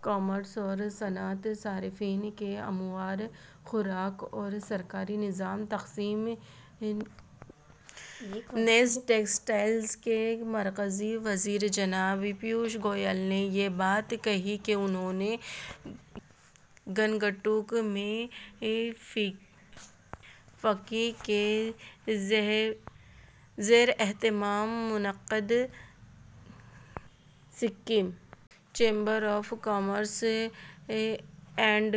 commerce اور صنعت صارفین کے امور خوراک اور سرکاری نظام تقسیم نیز ٹیکسٹائلز کے مرکزی وزیر جناب پیوش گوئل نے یہ بات کہی ہے انہوں نے گنگٹوک میں فکی کے زیراہتمام منعقدہ Sikkim chamber of commerce and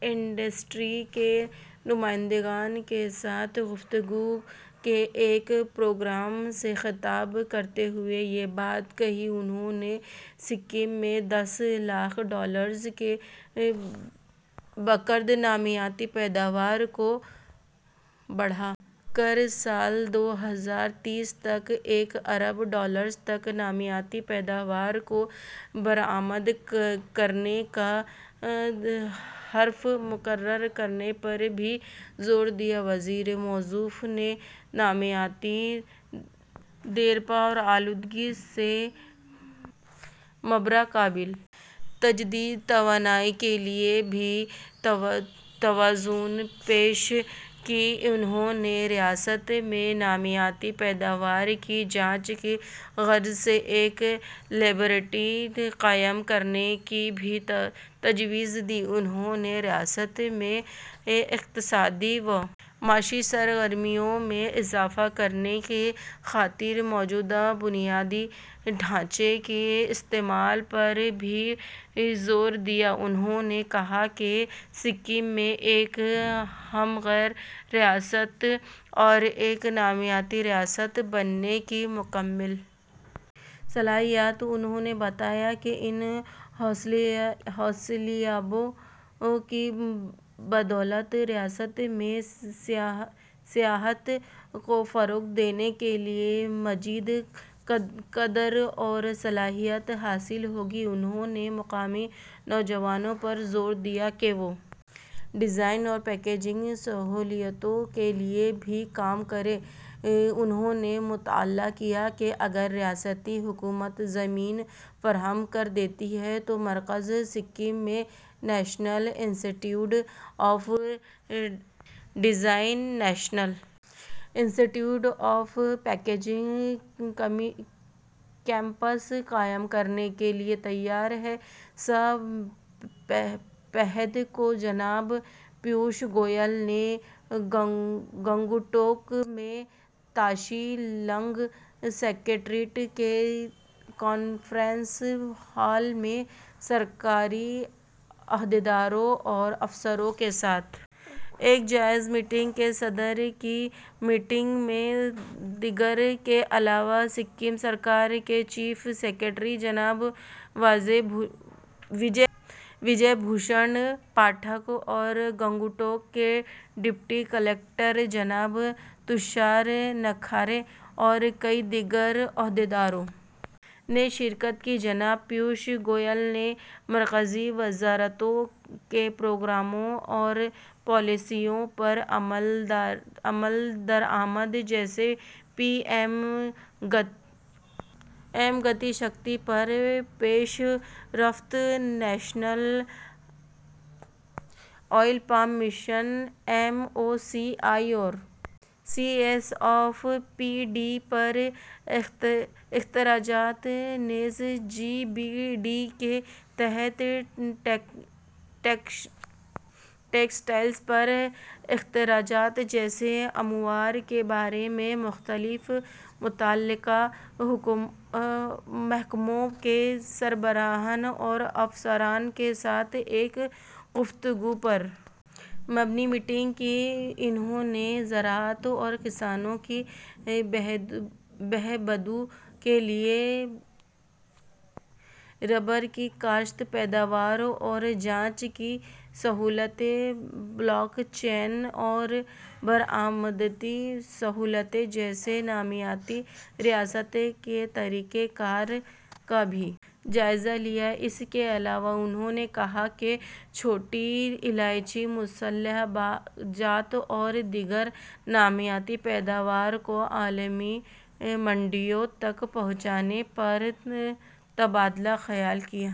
industry کے نمائندگان کے ساتھ گفتگو کے ایک پروگرام سے خطاب کرتے ہوئے یہ بات کہی انہوں نے سکم میں دس لاکھ ڈالرز کے بقدر نامیاتی پیداوار کو بڑھا کر سال دو ہزار تیس تک ایک ارب ڈالرز تک نامیاتی پیداوار کو برآمد کرنے کا ہدف مقرر کرنے پر بھی زور دیا وزیر موصوف نے نامیاتی دیرپا اور آلودگی سے مبرا قابل تجدید توانائی کے لیے بھی تجویز پیش کی انہوں نے ریاست میں نامیاتی پیداوار کی جانچ کی غرض سے ایک لیبارٹری قائم کرنے کی بھی تجویز دی انہوں نے ریاست میں اقتصادی و معاشی سرگرمیوں میں اضافہ کرنے کی خاطر موجودہ بنیادی ڈھانچے کے استعمال پر بھی زور دیا انہوں نے کہا کہ سکم میں ایک ہمہ گیر ریاست اور ایک نامیاتی ریاست بننے کی مکمل صلاحیت ہے انہوں نے بتایا کہ ان حصولیابیوں کی بدولت ریاست میں سیاحت کو فروغ دینے کے لیے مزید قدر اور صلاحیت حاصل ہوگی انہوں نے مقامی نوجوانوں پر زور دیا کہ وہ ڈیزائن اور پیکیجنگ سہولتوں کے لیے بھی کام کریں انہوں نے مطلع کیا کہ اگر ریاستی حکومت زمین فراہم کر دیتی ہے تو مرکز سکم میں national institute of design اور national institute of packaging campus قائم کرنے کے لیے تیار ہے سہ پہر کو جناب پیوش گوئل نے گنگٹوک میں تاشی لنگ سکریٹریٹ کے کانفرنس ہال میں سرکاری عہدیداروں اور افسران کے ساتھ ایک جائزہ میٹنگ کی صدارت کی اس میٹنگ میں دیگر کے علاوہ سکم سرکار کے چیف سکریٹری جناب وجے بھوشن پاٹھک اور گنگٹوک کے ڈپٹی کلکٹر جناب تشار نکھارے اور کئی دیگر عہدیداروں نے شرکت کی جناب پیوش گوئل نے مرکزی وزارتوں کے پروگراموں اور پالیسیوں پر عمل درآمد جیسے پی ایم گتی شکتی پر پیش رفت national oil palm mission M O C I اور C A F P D پر اخراجات نیز جی بی ڈی کے تحت ٹیکسٹائلز پر اخراجات جیسے امور کے بارے میں مختلف متعلقہ محکموں کے سربراہان اور افسران کے ساتھ ایک گفتگو پر مبنی میٹنگ کی انہوں نے زراعت اور کسانوں کی بہبود کے لیے ربر کی کاشت پیداوار اور جانچ کی سہولت بلاک چین اور برآمداتی سہولت جیسے نامیاتی ریاست کے طریق کار کا بھی جائزہ لیا اس کے علاوہ انہوں نے کہا کہ چھوٹی الائچی مصالحہ جات اور دیگر نامیاتی پیداوار کو عالمی منڈیوں تک پہنچانے پر تبادلہ خیال کیا